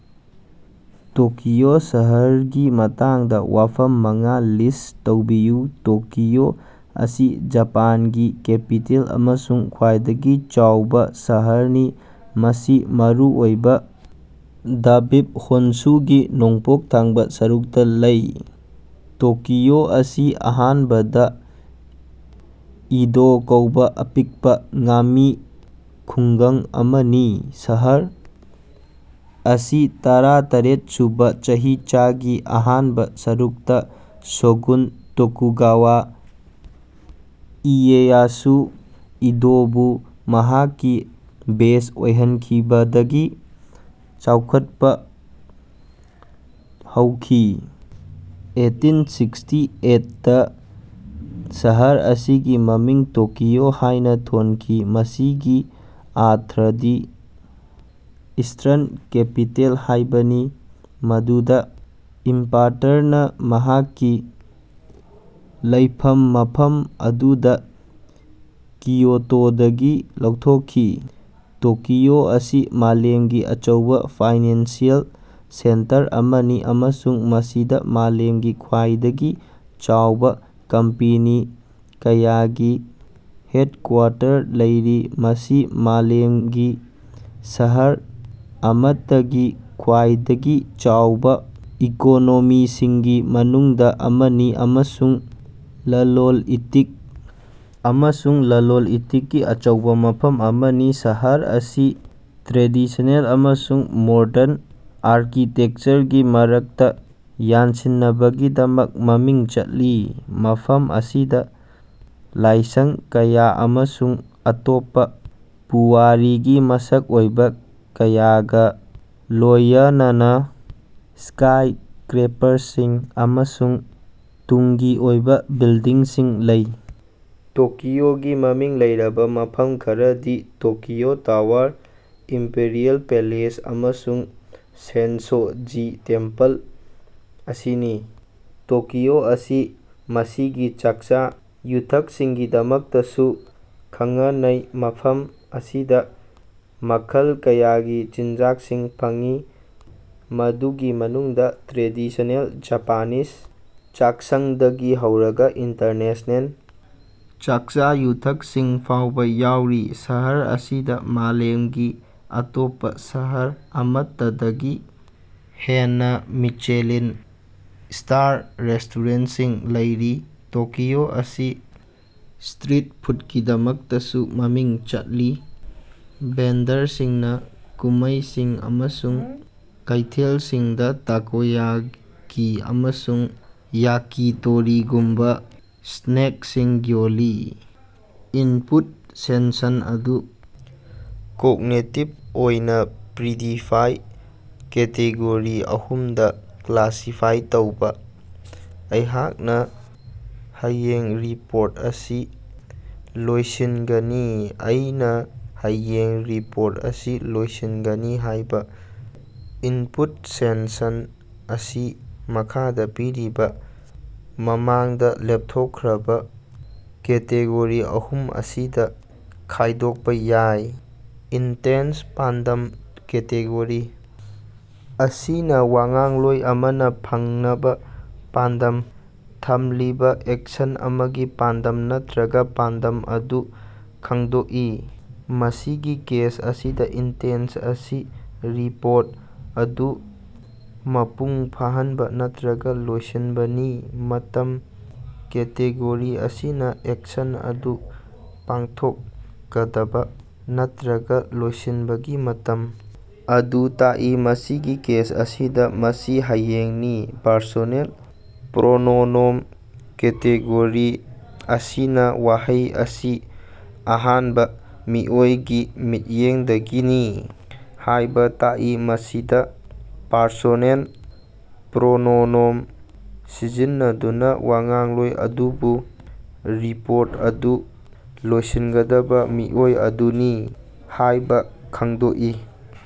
Tokyo ꯁꯍꯔꯒꯤ ꯃꯇꯥꯡꯗ ꯋꯥꯐꯝ ꯃꯉꯥ ꯂꯤꯁ ꯇꯧꯕꯤꯌꯨ꯫ ꯇꯣꯀꯤꯑꯣ ꯑꯁꯤ ꯖꯄꯥꯟꯒꯤ ꯀꯦꯄꯤꯇꯦꯜ ꯑꯃꯁꯨꯡ ꯈ꯭ꯋꯥꯏꯗꯒꯤ ꯆꯥꯎꯕ ꯁꯍꯔꯅꯤ ꯃꯁꯤ ꯃꯔꯨꯑꯣꯏꯕ ꯗꯕꯤꯞ ꯍꯣꯟꯁꯨꯒꯤ ꯅꯣꯡꯄꯣꯛ ꯊꯪꯕ ꯁꯔꯨꯛꯇ ꯂꯩ꯫ ꯇꯣꯀꯤꯑꯣ ꯑꯁꯤ ꯑꯍꯥꯟꯕꯗ ꯏꯗꯣ ꯀꯧꯕꯥ ꯑꯄꯤꯛꯄ ꯉꯥꯃꯤ ꯈꯨꯡꯒꯪ ꯑꯃꯅꯤ꯫ ꯁꯍꯔ ꯑꯁꯤ ꯇꯔꯥ ꯇꯔꯦꯠ ꯁꯨꯕ ꯆꯍꯤꯆꯥꯒꯤ ꯑꯍꯥꯟꯕ ꯁꯔꯨꯛꯇ ꯁꯣꯒꯨꯟ ꯇꯣꯀꯨꯒꯥꯋꯥ ꯏꯌꯦꯌꯥꯁꯨ ꯏꯗꯣꯕꯨ ꯃꯍꯥꯛꯀꯤ ꯕꯦꯖ ꯑꯣꯏꯍꯟꯈꯤꯕꯗꯒꯤ ꯆꯥꯎꯈꯠꯄ ꯍꯧꯈꯤ꯫ ꯑꯦꯠꯇꯤꯟ ꯁꯤꯛꯁꯇꯤ ꯑꯦꯠꯗ ꯁꯍꯔ ꯑꯁꯤꯒꯤ ꯃꯃꯤꯡ ꯇꯣꯀꯤꯑꯣ ꯍꯥꯏꯅ ꯊꯣꯟꯈꯤ ꯃꯁꯤꯒꯤ ꯑꯔꯊꯗꯤ ꯏꯁꯇꯔꯟ ꯀꯦꯄꯤꯇꯦꯜ ꯍꯥꯏꯕꯅꯤ ꯃꯗꯨꯗ ꯏꯝꯄꯥꯔꯇꯔꯅ ꯃꯍꯥꯛꯀꯤ ꯂꯩꯐꯝ ꯃꯐꯝ ꯑꯗꯨꯗ ꯀꯤꯌꯣꯇꯣꯗꯒꯤ ꯂꯧꯊꯣꯛꯈꯤ꯫ ꯇꯣꯀꯤꯑꯣ ꯑꯁꯤ ꯃꯥꯂꯦꯝꯒꯤ ꯑꯆꯧꯕ ꯐꯥꯏꯅꯥꯟꯁꯤꯑꯦꯜ ꯁꯦꯟꯇꯔ ꯑꯃꯅꯤ ꯑꯃꯁꯨꯡ ꯃꯁꯤꯗ ꯃꯥꯂꯦꯝꯒꯤ ꯈ꯭ꯋꯥꯏꯗꯒꯤ ꯆꯥꯎꯕ ꯀꯝꯄꯦꯅꯤ ꯀꯌꯥꯒꯤ ꯍꯦꯠꯀꯨꯋꯥꯇꯔ ꯂꯩꯔꯤ꯫ ꯃꯁꯤ ꯃꯥꯂꯦꯝꯒꯤ ꯁꯍꯔ ꯑꯃꯠꯇꯒꯤ ꯈ꯭ꯋꯥꯏꯗꯒꯤ ꯆꯥꯎꯕ ꯏꯀꯣꯅꯣꯃꯤꯁꯤꯡꯒꯤ ꯃꯅꯨꯡꯗ ꯑꯃꯅꯤ ꯑꯃꯁꯨꯡ ꯂꯂꯣꯟ ꯏꯇꯤꯛ ꯑꯃꯁꯨꯡ ꯂꯂꯣꯟ ꯏꯇꯤꯛꯀꯤ ꯑꯆꯧꯕ ꯃꯐꯝ ꯑꯃꯅꯤ꯫ ꯁꯍꯔ ꯑꯁꯤ ꯇ꯭ꯔꯦꯗꯤꯁꯅꯦꯜ ꯑꯃꯁꯨꯡ ꯃꯣꯔꯗꯟ ꯑꯥꯔꯀꯤꯇꯦꯛꯆꯔꯒꯤ ꯃꯔꯛꯇ ꯌꯥꯟꯁꯤꯟꯅꯕꯒꯤꯗꯃꯛ ꯃꯃꯤꯡ ꯆꯠꯂꯤ ꯃꯐꯝ ꯑꯁꯤꯗ ꯂꯥꯏꯁꯪ ꯀꯌꯥ ꯑꯃꯁꯨꯡ ꯑꯇꯣꯞꯄ ꯄꯨꯋꯥꯔꯤꯒꯤ ꯃꯁꯛ ꯑꯣꯏꯕ ꯀꯌꯥꯒ ꯂꯣꯌꯅꯅ ꯁ꯭ꯀꯥꯏꯁꯀꯔꯦꯄꯔꯁꯤꯡ ꯑꯃꯁꯨꯡ ꯇꯨꯡꯒꯤ ꯑꯣꯏꯕ ꯕꯤꯜꯗꯤꯡꯁꯤꯡ ꯂꯩ꯫ ꯇꯣꯀꯤꯑꯣꯒꯤ ꯃꯃꯤꯡ ꯂꯩꯔꯕ ꯃꯐꯝ ꯈꯔꯗꯤ ꯇꯣꯀꯤꯑꯣ ꯇꯋꯥꯔ ꯏꯝꯄꯤꯔꯤꯑꯦꯜ ꯄꯦꯂꯦꯁ ꯑꯃꯁꯨꯡ ꯁꯦꯟꯁꯣ ꯖꯤ ꯇꯦꯝꯄꯜ ꯑꯁꯤꯅꯤ꯫ ꯇꯣꯀꯤꯑꯣ ꯑꯁꯤ ꯃꯁꯤꯒꯤ ꯆꯥꯛꯆ ꯌꯨꯊꯛꯁꯤꯡꯒꯤꯗꯃꯛꯇꯁꯨ ꯈꯉꯅꯩ ꯃꯐꯝ ꯑꯁꯤꯗ ꯃꯈꯜ ꯀꯌꯥꯒꯤ ꯆꯤꯟꯖꯥꯛꯁꯤꯡ ꯐꯪꯏ ꯃꯗꯨꯒꯤ ꯃꯅꯨꯡꯗ ꯇ꯭ꯔꯦꯗꯤꯁꯅꯦꯜ ꯖꯄꯥꯅꯤꯁ ꯆꯥꯛꯁꯪꯗꯒꯤ ꯍꯧꯔꯒ ꯏꯟꯇꯔꯅꯦꯁꯅꯦꯜ ꯆꯥꯛꯆ ꯌꯨꯊꯛꯁꯤꯡ ꯐꯥꯎꯕ ꯌꯥꯎꯔꯤ꯫ ꯁꯍꯔ ꯑꯁꯤꯗ ꯃꯥꯂꯦꯝꯒꯤ ꯑꯇꯣꯞꯄ ꯁꯍꯔ ꯑꯃꯠꯇꯗꯒꯤ ꯍꯦꯟꯅꯥ ꯃꯤꯆꯦꯂꯤꯟ ꯁ꯭ꯇꯥꯔ ꯔꯦꯁꯇꯣꯔꯦꯟꯁꯤꯡ ꯂꯩꯔꯤ꯫ ꯇꯣꯀꯤꯑꯣ ꯑꯁꯤ ꯁꯇꯔꯤꯠ ꯐꯨꯠꯀꯤꯗꯃꯛꯇꯁꯨ ꯃꯃꯤꯡ ꯆꯠꯂꯤ ꯚꯦꯟꯗꯔꯁꯤꯡꯅ ꯀꯨꯝꯃꯩꯁꯤꯡ ꯑꯃꯁꯨꯡ ꯀꯩꯊꯦꯜꯁꯤꯡꯗ ꯇꯥꯀꯣꯌꯥꯀꯤ ꯑꯃꯁꯨꯡ ꯌꯥꯀꯤꯇꯣꯔꯤꯒꯨꯝꯕ ꯁꯅꯦꯛꯁꯤꯡ ꯌꯣꯜꯂꯤ꯫ ꯏꯟꯄꯨꯠ ꯁꯦꯟꯁꯟ ꯑꯗꯨ ꯀꯣꯒꯅꯤꯇꯤꯚ ꯑꯣꯏꯅ ꯄꯔꯤꯗꯤꯐꯥꯏꯠ ꯀꯦꯇꯦꯒꯣꯔꯤ ꯑꯍꯨꯝꯗ ꯀ꯭ꯂꯥꯁꯤꯐꯥꯏ ꯇꯧꯕ꯫ ꯑꯩꯍꯥꯛꯅ ꯍꯌꯦꯡ ꯔꯤꯄꯣꯔꯠ ꯑꯁꯤ ꯂꯣꯏꯁꯤꯟꯒꯅꯤ꯫ ꯑꯩꯅ ꯍꯌꯦꯡ ꯔꯤꯄꯣꯔꯠ ꯑꯁꯤ ꯂꯣꯏꯁꯤꯟꯒꯅꯤ ꯍꯥꯏꯕ ꯏꯟꯄꯨꯠ ꯁꯦꯟꯁꯟ ꯑꯁꯤ ꯃꯈꯥꯗ ꯄꯤꯔꯤꯕ ꯃꯃꯥꯡꯗ ꯂꯦꯞꯊꯣꯛꯈ꯭ꯔꯕ ꯀꯦꯇꯦꯒꯣꯔꯤ ꯑꯍꯨꯝ ꯑꯁꯤꯗ ꯈꯥꯏꯗꯣꯛꯄ ꯌꯥꯏ ꯏꯟꯇꯦꯟꯁ ꯄꯥꯟꯗꯝ ꯀꯦꯇꯦꯒꯣꯔꯤ ꯑꯁꯤꯅ ꯋꯥꯉꯥꯡꯂꯣꯏ ꯑꯃꯅ ꯐꯪꯅꯕ ꯄꯥꯟꯗꯝ ꯊꯝꯂꯤꯕ ꯑꯦꯛꯁꯟ ꯑꯃꯒꯤ ꯄꯥꯟꯗꯝ ꯅꯠꯇ꯭ꯔꯒ ꯄꯥꯟꯗꯝ ꯑꯗꯨ ꯈꯪꯗꯣꯛꯏ꯫ ꯃꯁꯤꯒꯤ ꯀꯦꯁ ꯑꯁꯤꯗ ꯏꯟꯇꯦꯟꯁ ꯑꯁꯤ ꯔꯤꯄꯣꯔꯠ ꯑꯗꯨ ꯃꯄꯨꯡ ꯐꯥꯍꯟꯕ ꯅꯠꯇ꯭ꯔꯒ ꯂꯣꯏꯁꯤꯟꯕꯅꯤ꯫ ꯃꯇꯝ ꯀꯦꯇꯦꯒꯣꯔꯤ ꯑꯁꯤꯅ ꯑꯦꯛꯁꯟ ꯑꯗꯨ ꯄꯥꯡꯊꯣꯛꯀꯗꯕ ꯅꯠꯇ꯭ꯔꯒ ꯂꯣꯏꯁꯤꯟꯕꯒꯤ ꯃꯇꯝ ꯑꯗꯨ ꯇꯥꯛꯏ ꯃꯁꯤꯒꯤ ꯀꯦꯁ ꯑꯁꯤꯗ ꯃꯁꯤ ꯍꯌꯦꯡꯅꯤ꯫ ꯄꯔꯁꯣꯅꯦꯜ ꯄꯔꯣꯅꯣꯅꯣꯝ ꯀꯦꯇꯦꯒꯣꯔꯤ ꯑꯁꯤꯅ ꯋꯥꯍꯩ ꯑꯁꯤ ꯑꯍꯥꯟꯕ ꯃꯤꯑꯣꯏꯒꯤ ꯃꯤꯠꯌꯦꯡꯗꯒꯤꯅꯤ ꯍꯥꯏꯕ ꯇꯥꯛꯏ ꯃꯁꯤꯗ ꯄꯔꯁꯣꯅꯦꯜ ꯄꯔꯣꯅꯣꯅꯣꯝ ꯁꯤꯖꯤꯟꯅꯗꯨꯅ ꯋꯥꯉꯥꯡꯂꯣꯏ ꯑꯗꯨꯕꯨ ꯔꯤꯄꯣꯔꯠ ꯑꯗꯨ ꯂꯣꯏꯁꯤꯟꯒꯗꯕ ꯃꯤꯑꯣꯏ ꯑꯗꯨꯅꯤ ꯍꯥꯏꯕ ꯈꯪꯗꯣꯛꯏ꯫